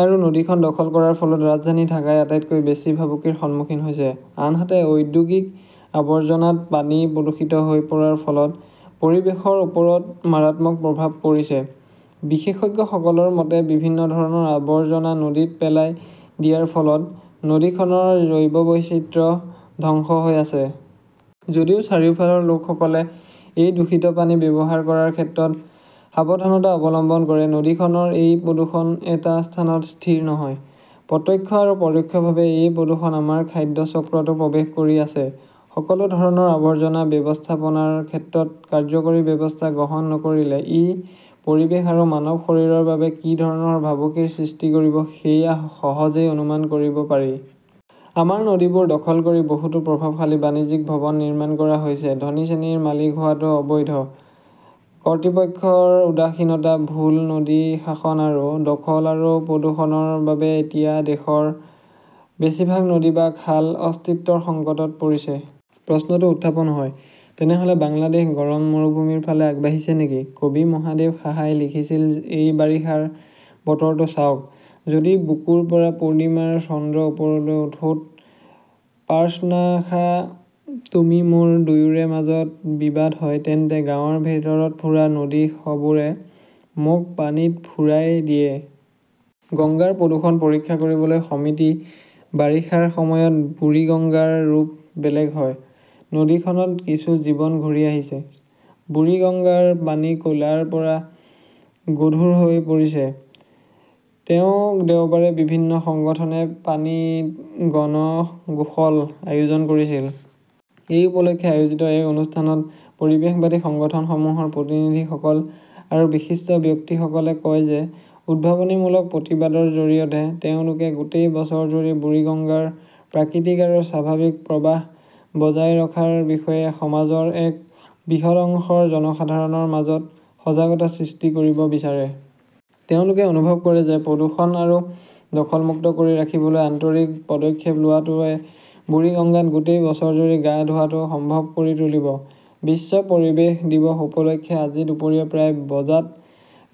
আৰু নদীখন দখল কৰাৰ ফলত ৰাজধানী ঢাকাই আটাইতকৈ বেছি ভাবুকিৰ সন্মুখীন হৈছে। আনহাতে, ঔদ্যোগিক আৱৰ্জনাত পানী প্ৰদূষিত হৈ পৰাৰ ফলত পৰিৱেশৰ ওপৰত মাৰাত্মক প্ৰভাৱ পৰিছে। বিশেষজ্ঞসকলৰ মতে, বিভিন্ন ধৰণৰ আৱৰ্জনা নদীত পেলাই দিয়াৰ ফলত নদীখনৰ জৈৱ বৈচিত্ৰ্য ধ্বংস হৈ আছে। যদিও চাৰিওফালৰ লোকসকলে এই দূষিত পানী ব্যৱহাৰ কৰাৰ ক্ষেত্ৰত সাৱধানতা অৱলম্বন কৰে, নদীখনৰ এই প্ৰদূষণ এটা স্থানত স্থিৰ নহয়। প্ৰত্যক্ষ আৰু পৰোক্ষভাৱে এই প্ৰদূষণ আমাৰ খাদ্য চক্ৰতো প্ৰৱেশ কৰি আছে। সকলো ধৰণৰ আৱৰ্জনা ব্যৱস্থাপনাৰ ক্ষেত্ৰত কাৰ্যকৰী ব্যৱস্থা গ্ৰহণ নকৰিলে ই পৰিৱেশ আৰু মানৱ শৰীৰৰ বাবে কি ধৰণৰ ভাবুকিৰ সৃষ্টি কৰিব সেয়া সহজেই অনুমান কৰিব পাৰি। আমাৰ নদীবোৰ দখল কৰি বহুতো প্ৰভাৱশালী বাণিজ্যিক ভৱন নিৰ্মাণ কৰা হৈছে, ধনী শ্ৰেণীৰ মালিক হোৱাটো অবৈধ। কৰ্তৃপক্ষৰ উদাসীনতা, ভুল নদী শাসন আৰু দখল আৰু প্ৰদূষণৰ বাবে এতিয়া দেশৰ বেছিভাগ নদী বা খাল অস্তিত্বৰ সংকটত পৰিছে। প্ৰশ্নটো উত্থাপন হয়, তেনেহ লে বাংলাদেশ গৰম মৰুভূমিৰ ফালে আগবাঢ়িছে নেকি কবি মহাদেৱ সাহাই লিখিছিল এই বাৰিষাৰ বতৰটো চাওক, যদি, বুকুৰ পৰা পূৰ্ণিমাৰ চন্দ্ৰ ওপৰলৈ উঠে াত পাৰন্সাখা-তুমি মোৰ দুয়োৰে মাজত বিবাদ হয়, তেন্তে গাঁৱৰ ভিতৰত ফুৰা নদী সবোৰে মোক পানীত ফুৰাই দিয়ে। । গংগাৰ প্ৰদূষণ পৰীক্ষা কৰিবলৈ সমিতি বাৰিষাৰ সময়ত বুৰিগঙ্গাৰ ৰূপ বেলেগ হয়। নদীখনত কিছু জীৱন ঘূৰি আহিছে। বুৰিগঙ্গাৰ পানী ক লাৰ পৰা গধুৰ হৈ পৰিছে। তেওঁ দেওবাৰে বিভিন্ন সংগঠনে পানীত গণ গোসল আয়োজন কৰিছিল। এই উপলক্ষে আয়োজিত এক অনুষ্ঠানত পৰিৱেশবাদী সংগঠনসমূহৰ প্ৰতিনিধিসকল আৰু বিশিষ্ট ব্যক্তিসকলে কয় যে উদ্ভাৱনীমূলক প্ৰতিবাদৰ জৰিয়তে তেওঁলোকে গোটেই বছৰজুৰি বুৰিগঙ্গাৰ প্ৰাকৃতিক আৰু স্বাভাৱিক প্ৰবাহ বজাই ৰখাৰ বিষয়ে সমাজৰ এক বৃহৎ অংশৰ জনসাধাৰণৰ মাজত সজাগতা সৃষ্টি কৰিব বিচাৰে। তেওঁলোকে অনুভৱ কৰে যে প্ৰদূষণ আৰু দখল-মুক্ত কৰি ৰাখিবলৈ আন্তৰিক পদক্ষেপ লোৱাটোৱে বুৰিগঙ্গাত গোটেই বছৰজুৰি গা ধোৱাটো সম্ভৱ কৰি তুলিব। বিশ্ব পৰিৱেশ দিৱস উপলক্ষে আজি দুপৰীয়া প্ৰায় বজাত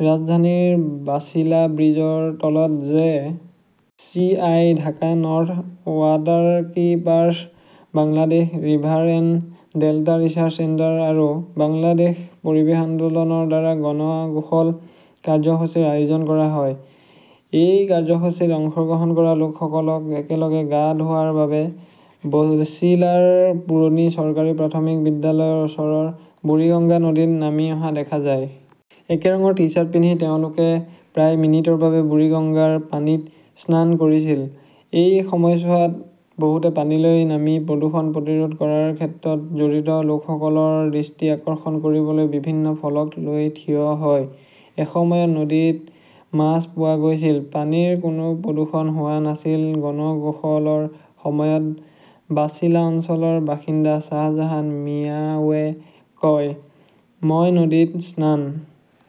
ৰাজধানীৰ বাচিলা ব্ৰীজৰ তলত J. C. I. Dhaka North, Waterkeepers Bangladesh, River and Delta Research Centre আৰু বাংলাদেশ পৰিৱেশ আন্দোলন ৰ দ্বাৰা গণ গোসল কাৰ্যসূচীৰ আয়োজন কৰা হয়। এই কাৰ্যসূচীত অংশগ্ৰহণ কৰা লোকসকলক একেলগে গা ধোৱাৰ বাবে বছিলাৰ পুৰণি চৰকাৰী প্ৰাথমিক বিদ্যালয়ৰ ওচৰৰ বুৰিগঙ্গা নদীত নামি অহা দেখা যায়। একে ৰঙৰ টি-চাৰ্ট পিন্ধি তেওঁলোকে প্ৰায় মিনিটৰ বাবে বুৰিগঙ্গাৰ পানীত স্নান কৰিছিল। এই সময়ছোৱাত বহুতে পানীলৈ নামি প্ৰদূষণ প্ৰতিৰোধ কৰাৰ ক্ষেত্ৰত জড়িত লোকসকলৰ দৃষ্টি আকৰ্ষণ কৰিবলৈ বিভিন্ন ফলক লৈ থিয় হয়। এসময়ত নদীত মাছ পোৱা গৈছিল, পানীৰ কোনো প্ৰদূষণ হোৱা নাছিল গণ গোসলৰ সময়ত বাচিলা অঞ্চলৰ বাসিন্দা শ্বাহজাহান মিয়াৱে কয়। মই নদীত স্নান